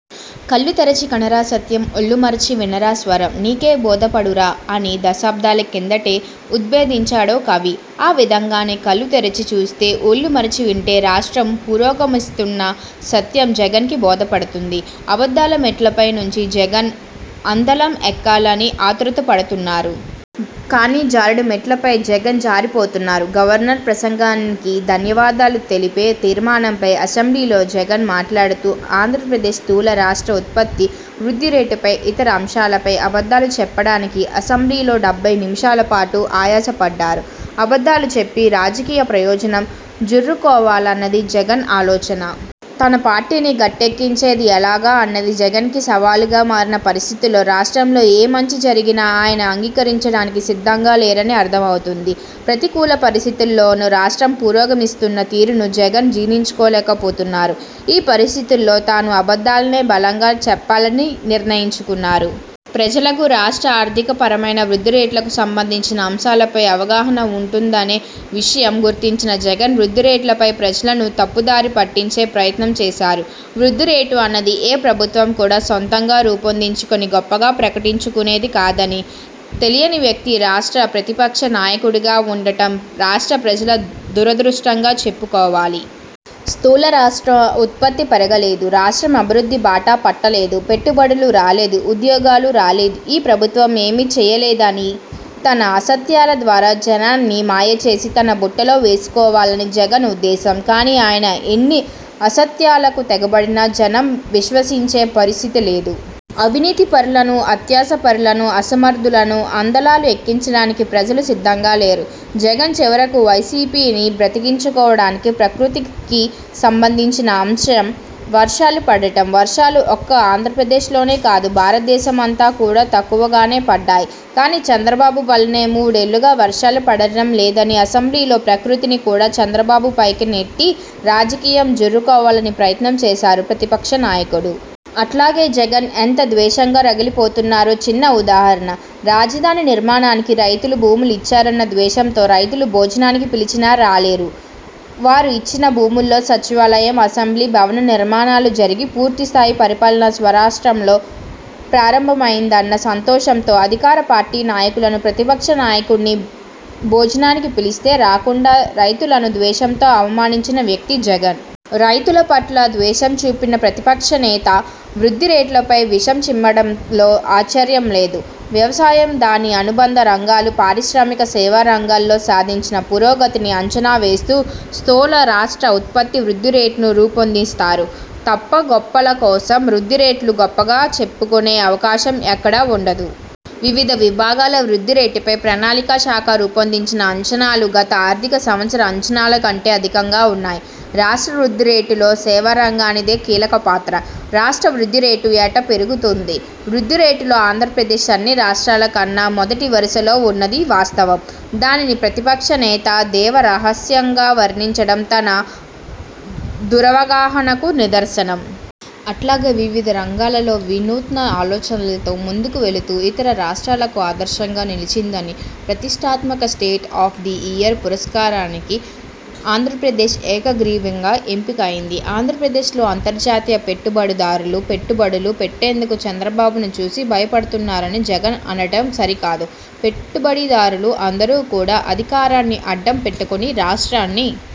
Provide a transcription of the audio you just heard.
కళ్ళు తెరచి కనరా సత్యం, ఒళ్లు మరిచి వినరా సర్వం నీకే బోధపడురా అని దశాబ్దాల కిందటే ఉద్బోధించాడో కవి. ఆ విధంగానే కళ్ళు తెరిచి చూస్తే, ఒళ్లు మరిచి వింటే రాష్ట్రం పురోగమిస్తున్న సత్యం జగన్కి బోధపడుతుంది. అబద్ధాల మెట్లపై నుంచి జగన్ అందలం ఎక్కాలని ఆతృతపడుతున్నారు. కానీ జారుడు మెట్లపై జగన్ జారిపోతున్నారు. గవర్నర్ ప్రసంగానికి ధన్యవాదాలు తెలిపే తీర్మానంపై అసెంబ్లీలో జగన్ మాట్లాడుతూ ఆంధ్రప్రదేశ్ స్థూల రాష్ట్ర ఉత్పత్తి వృద్ధిరేటుపై, ఇతర అంశాలపై అబద్ధాలు చెప్పడానికి అసెంబ్లీలో డెబ్భై నిమిషాల పాటు ఆయాసపడ్డారు. అబద్ధాలు చెప్పి రాజకీయ ప్రయోజనం జుర్రుకోవాలన్నది జగన్ ఆలోచన. తన పార్టీని గట్టెక్కించేది ఎలాగా అన్నది జగన్కి సవాలుగా మారిన పరిస్థితుల్లో రాష్ట్రంలో ఏ మంచి జరిగినా ఆయన అంగీకరించడానికి సిద్ధంగా లేరని అర్థం అవుతుంది. ప్రతికూల పరిస్థితుల్లోనూ రాష్ట్రం పురోగమిస్తున్న తీరును జగన్ జీర్ణించుకోలేకపోతున్నారు. ఈ పరిస్థితుల్లో తాను అబద్ధాలనే బలంగా చెప్పాలని నిర్ణయించుకున్నారు. ప్రజలకు రాష్ట్ర ఆర్థికపరమైన, వృద్ధిరేట్లకు సంబంధించిన అంశాలపై అవగాహన ఉంటుందనే విషయం గుర్తించిన జగన్, వృద్ధిరేట్లపై ప్రజలను తప్పుదారి పట్టించే ప్రయత్నం చేశారు. వృద్ధిరేటు అన్నది ఏ ప్రభుత్వం కూడా సొంతంగా రూపొందించుకొని గొప్పగా ప్రకటించుకునేది కాదని తెలియని వ్యక్తి రాష్ట్ర ప్రతిపక్ష నాయకుడిగా వుండటం రాష్ట్ర ప్రజల దురదృష్టంగా చెప్పుకోవాలి. స్థూల రాష్ట్ర ఉత్పత్తి పెరగలేదు, రాష్ట్రం అభివృద్ధి బాట పట్టలేదు, పెట్టుబడులు రాలేదు, ఉద్యోగాలు రాలేదు, ఈ ప్రభుత్వం ఏమీ చేయలేదని తన అసత్యాల ద్వారా జనాన్ని మాయచేసి తన బుట్టలో వేసుకోవాలని జగన్ ఉద్దేశం. కానీ ఆయన ఎన్ని అసత్యాలకు తెగబడినా జనం విశ్వసించే పరిస్థితి లేదు. అవినీతిపరులను, అత్యాసపరులను, అసమర్థులను అందలా ఎక్కించడానికి ప్రజలు సిద్ధంగా లేరు. జగన్ చివరకు వైసీపీని బ్రతికించుకోడానికి ప్రకృతికి సంబంధించిన అంశం వర్షాలు పడటం. వర్షాలు ఒక్క ఆంధ్రప్రదేశ్లోనే కాదు భారతదేశమంతా కూడా తక్కువగానే పడ్డాయి. కానీ చంద్రబాబు వల్లనే మూడేళ్లుగా వర్షాలు పడటం లేదని అసెంబ్లీలో ప్రకృతిని కూడా చంద్రబాబుపైకి నెట్టి రాజకీయం జుర్రుకోవాలని ప్రయత్నం చేశారు ప్రతిపక్ష నాయకుడు. అట్లాగే జగన్ ఎంత ద్వేషంగా రగిలిపోతున్నారో చిన్న ఉదాహరణ. రాజధాని నిర్మాణానికి రైతులు భూములు ఇచ్చారన్న ద్వేషంతో రైతులు భోజనానికి పిలిచినా రాలేరు. వారు ఇచ్చిన భూముల్లో సచివాలయం, అసెంబ్లీ భవన నిర్మాణాలు జరిగి పూర్తిస్థాయి పరిపాలన స్వరాష్ట్రంలో ప్రారంభమైందన్న సంతోషంతో అధికార పార్టీ నాయకులను, ప్రతిపక్ష నాయకుడిని భోజనానికి పిలిస్తే రాకుండా రైతులను ద్వేషంతో అవమానించిన వ్యక్తి జగన్. రైతుల పట్ల ద్వేషం చూపిన ప్రతిపక్షనేత వృద్ధిరేట్లపై విషం చిమ్మడంలో ఆశ్చర్యం లేదు. వ్యవసాయం దాని అనుబంధ రంగాలు, పారిశ్రామిక, సేవా రంగాల్లో సాధించిన పురోగతిని అంచనా వేస్తూ స్థూల రాష్ట్ర ఉత్పత్తి వృద్ధిరేటును రూపొందిస్తారు తప్ప గొప్పల కోసం వృద్ధిరేట్లు గొప్పగా చెప్పుకునే అవకాశం ఎక్కడా వుండదు. వివిధ విభాగాల వృద్ధిరేటుపై ప్రణాళిక శాఖ రూపొందించిన అంచనాలు గత ఆర్థిక సంవత్సర అంచనాల కంటే అధికంగా వున్నాయి. రాష్ట్ర వృద్ధిరేటులో సేవారంగానిదే కీలకపాత్ర. రాష్ట్ర వృద్ధిరేటు ఏటా పెరుగుతోంది. వృద్ధిరేటులో ఆంధ్రప్రదేశ్ అన్నిరాష్ట్రాల కన్నా మొదటి వరుసలో వున్నది వాస్తవం. దానిని ప్రతిపక్ష నేత దేవ రహస్యంగా వర్ణించడం తన దురవగాహనకు నిదర్శనం. అట్లాగే వివిధ రంగాలలో వినూత్న ఆలోచనలతో ముందుకు వెళుతూ ఇతర రాష్ట్రాలకు ఆదర్శంగా నిలిచిందని ప్రతిష్టాత్మక state of the year పురస్కారానికి Andhra Pradesh ఏకగ్రీవంగా ఎంపికైంది. ఆంధ్రప్రదేశ్లో అంతర్జాతీయ పెట్టుబడిదారులు పెట్టుబడులు పెట్టేందుకు చంద్రబాబును చూసి భయపడుతున్నారని జగన్ అనటం సరికాదు. పెట్టుబడిదారులు అందరూ కూడా అధికారాన్ని అడ్డం పెట్టుకొని రాష్ట్రాన్ని